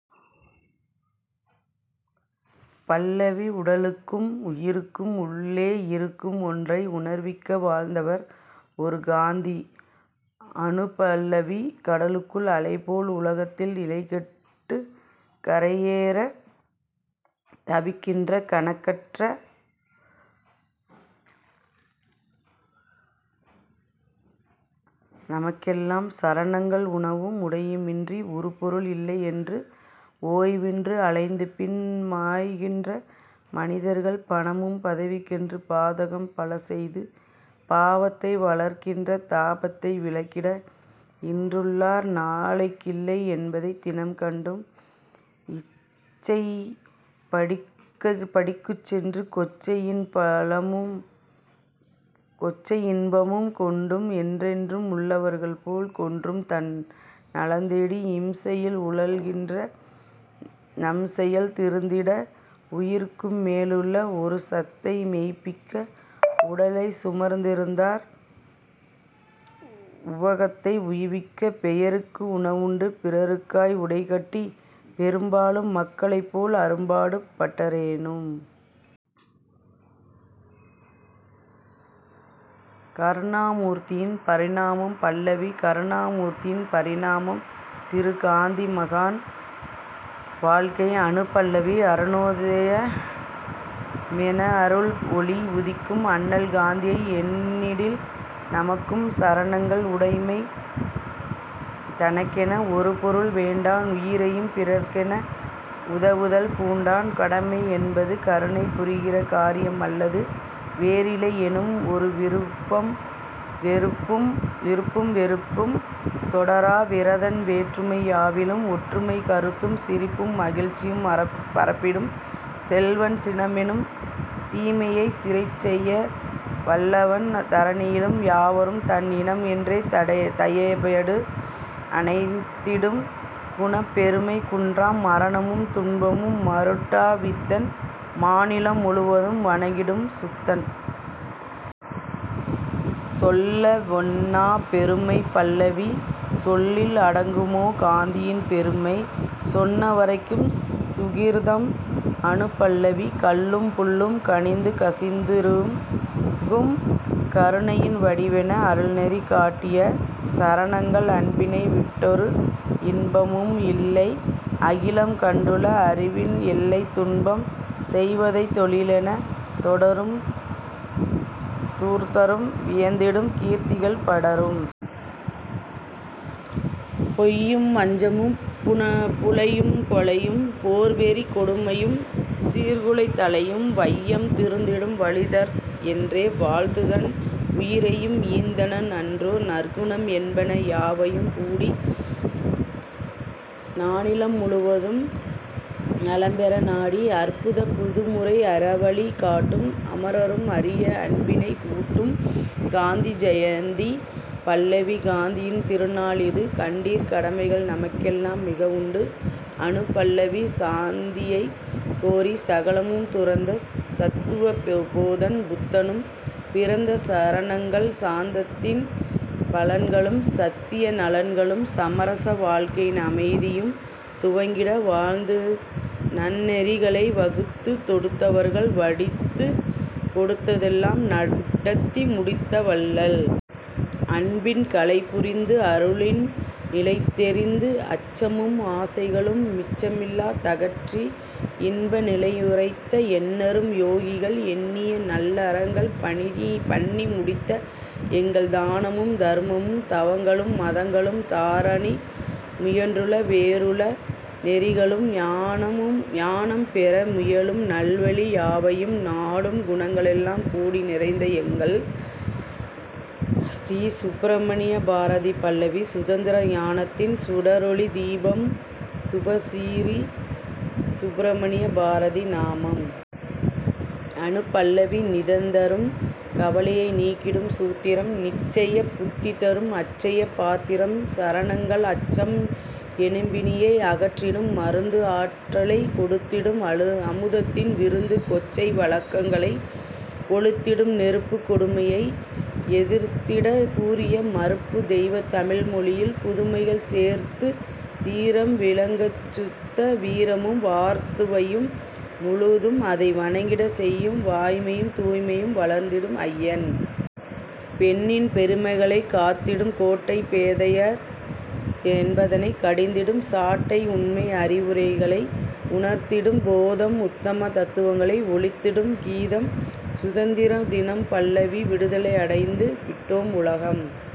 பல்லவி உடலுக்கும் உயிருக்கும் உள்ளே இருக்கும் ஒன்றை உணர்விக்க வாழ்ந்தவர் ஒரு காந்தி அநுபல்லவி கடலுக்குள் அலைபோல உலகத்தில் நிலைகெட்டுக் கரையேறத் தவிக்கின்ற கணக்கற்ற நமக்கெல்லாம் சரணங்கள் உணவும் உடையுமின்றி உறுபொருள் இல்லையென்று ஓய்வின்றி அலைந்துபின் மாய்கின்ற மனிதர்கள் பணமும் பதவிக்கென்று பாதகம் பலசெய்து பாவத்தை வளர்க்கின்ற தாபத்தை விலக்கிட இன்றுள்ளார் நாளைக்கில்லை என்பதைத் தினம்கண்டும் இச்சைப் படிக்குச்சென்று கொச்சை யின்பமும்கொண்டும் என்றென்றும் உள்ளவர்போல் கொன்றும்தன் நலந்தேடி இம்சையில் உழல்கின்ற நம்செயல் திருந்திட உயிருக்கும் மேலுள்ள ஒருசத்தை மெய்ப்பிக்க உடலைச் சுமந்திருந்தார் உலகத்தை உய்விக்க பெயருக்கு உணவுண்டு பிறருக்காய் உடைகட்டிப் பெரும்பாலும் மக்களைப்போல் அரும்பாடு பட்டாரேனும். கருணாமூர்த்தியின் பரிணாமம் பல்லவி கருணா மூர்த்தியின் பரிணாமம் திரு காந்தி மகான் வாழ்க்கை அநுபல்லவி அருணோதய மெனஅருள் ஒளி உதிக்கும் அண்ணல் காந்தியை எண்ணிடில் நமக்கும் சரணங்கள் உடைமை தனக்கென ஒருபொருள் வேண்டான் உயிரையும் பிறர்க்கென உதவுதல் பூண்டான் கடமை என்பது கருணையைப் புரிகிற காரியம் அல்லது வேறிலை எனும்ஒரு விருப்பும் வெறுப்பும் தொடரா விரதன் வேற்றுமை யாவிலும் ஒற்றுமை கருதும் சிரிப்பும் மகிழ்ச்சியும் பரப்பிடும் செல்வன் சினமெனும் தீமையைச் சிறைசெய வல்லன் தரணியில் யாவரும் தன்இனம் என்றே தயையடு அணைத்திடும் குணப்பெரும் குன்றாம் மரணமும் துன்பமும் மருட்டா வித்தன் மாநிலம் முழுவதும் வணங்கிடும் சுத்தன்.. சொல்லவொண்ணாப் பெருமை பல்லவி சொல்லில் அடங்குமோ காந்தியின் பெருமை? சொன்ன வரைக்கும் சுகிர்தம்? அநுபல்லவி கல்லும் புல்லும் கனிந்து கசிந்து ருகும் கருணையின் வடிவென அருள்நெறி காட்டிய சரணங்கள் அன்பினை விட்டொரு இன்பமும் இல்லை அகிலம் கண்டுள அறிவின் எல்லை துன்பம் செய்வதைத் தொழிலெனத் தொடரும் தூர்த்தரும் வியந்திடும் கீர்த்திகள் படரும். பொய்யும் வஞ்சமும் புலையும் கொலையும் போர்வெறிக் கொடுமையும் சீர்குலைந் தலையும் வையம் திருந்திடும் வழிதர என்றே வாழ்ந்துதன் உயிரையும் ஈந்தனன் அன்றோ! நற்குணம் என்பன யாவையும் கூடி நானிலம் முழுவதும் நலம்பெற நாடி அற்புதப் புதுமுறை அறவழி காட்டும் அமரரும் அறிய அன்பினை ஊட்டும்.. காந்தி ஜயந்தி பல்லவி காந்தியின் திருநாள் இது கண்டீர் கடமைகள் நமக்கெலாம் மிகஉண்டு அநுபல்லவி சாந்தியைக் கோரிச் சகலமும் துறந்த சத்துவ போதன் புத்தனும் பிறந்த சரணங்கள் சாந்தத்தின் பலன்களும் சத்திய நலன்களும் சமரச வாழ்க்கையின் அமைதியும் துலங்கிட வாழ்ந்துநன் னெறிகளை வகுத்துத் தொடுத்தவர்கள் வடித்துக் கொடுத்ததெல்லாம் நடத்தி முடித்த வள்ளல். அன்பின் கலைபுரிந்து அருளின் நிலைதெரிந்து அச்சமும் ஆசைகளும் மிச்சமில்லா தகற்றி இன்ப நிலையுரைத்த எண்ணரும் யோகிகள் எண்ணிய நல்லறங்கள் பண்ணிமுடித்த எங்கள் தானமும் தருமமும் தவங்களும் மதங்களும் தாரணி முயன்றுள வேறுள நெறிகளும் ஞானம் பெறமுயலும் நல்வழி யாவையும் நாடும் குணங்களெல்லாம் கூடிநிறைந்த எங்கள். ஸ்ரீ சுப்பிரமண்ய பாரதி பல்லவி சுதந்தர ஞானத்தின் சுடரொளி தீபம் சுபசிறீ சுப்பிரமண்ய பாரதி நாமம். அநுபல்லவி நிதந்தரும் கவலையை நீக்கிடும் சூத்திரம் நிச்சய புத்திதரும் அட்சய பாத்திரம் சரணங்கள் அச்சம் எனும்பிணியை அகற்றிடும் மருந்து ஆற்றலைக் கொடுத்திடும் அமுதத்தின் விருந்து கொச்சை வழக்கங்களைக் கொளுத்திடும் நெருப்பு கொடுமையை எதிர்த்திடக் கூரிய மறுப்பு! தெய்வத் தமிழ்மொழியில் புதுமைகள் சேர்த்துத் தீரம் விளங்கச்சுத்த வீரமும் வார்த்து வையம் முழுதும்அதை வணங்கிடச் செய்யும் வாய்மையும் தூய்மையும் வளர்த்திடும் ஐயன்! பெண்ணின் பெருமைகளைக் காத்திடும் கோட்டை பேதையர் என்பதனைக் கடிந்திடும் சாட்டை உண்மை அறிவுகளை உணர்த்திடும் போதம் உத்தம தத்துவங்களை ஒலித்திடும் கீதம்!. சுதந்தர தினம் பல்லவி விடுதலை அடைந்து விட்டோம்--உலகம்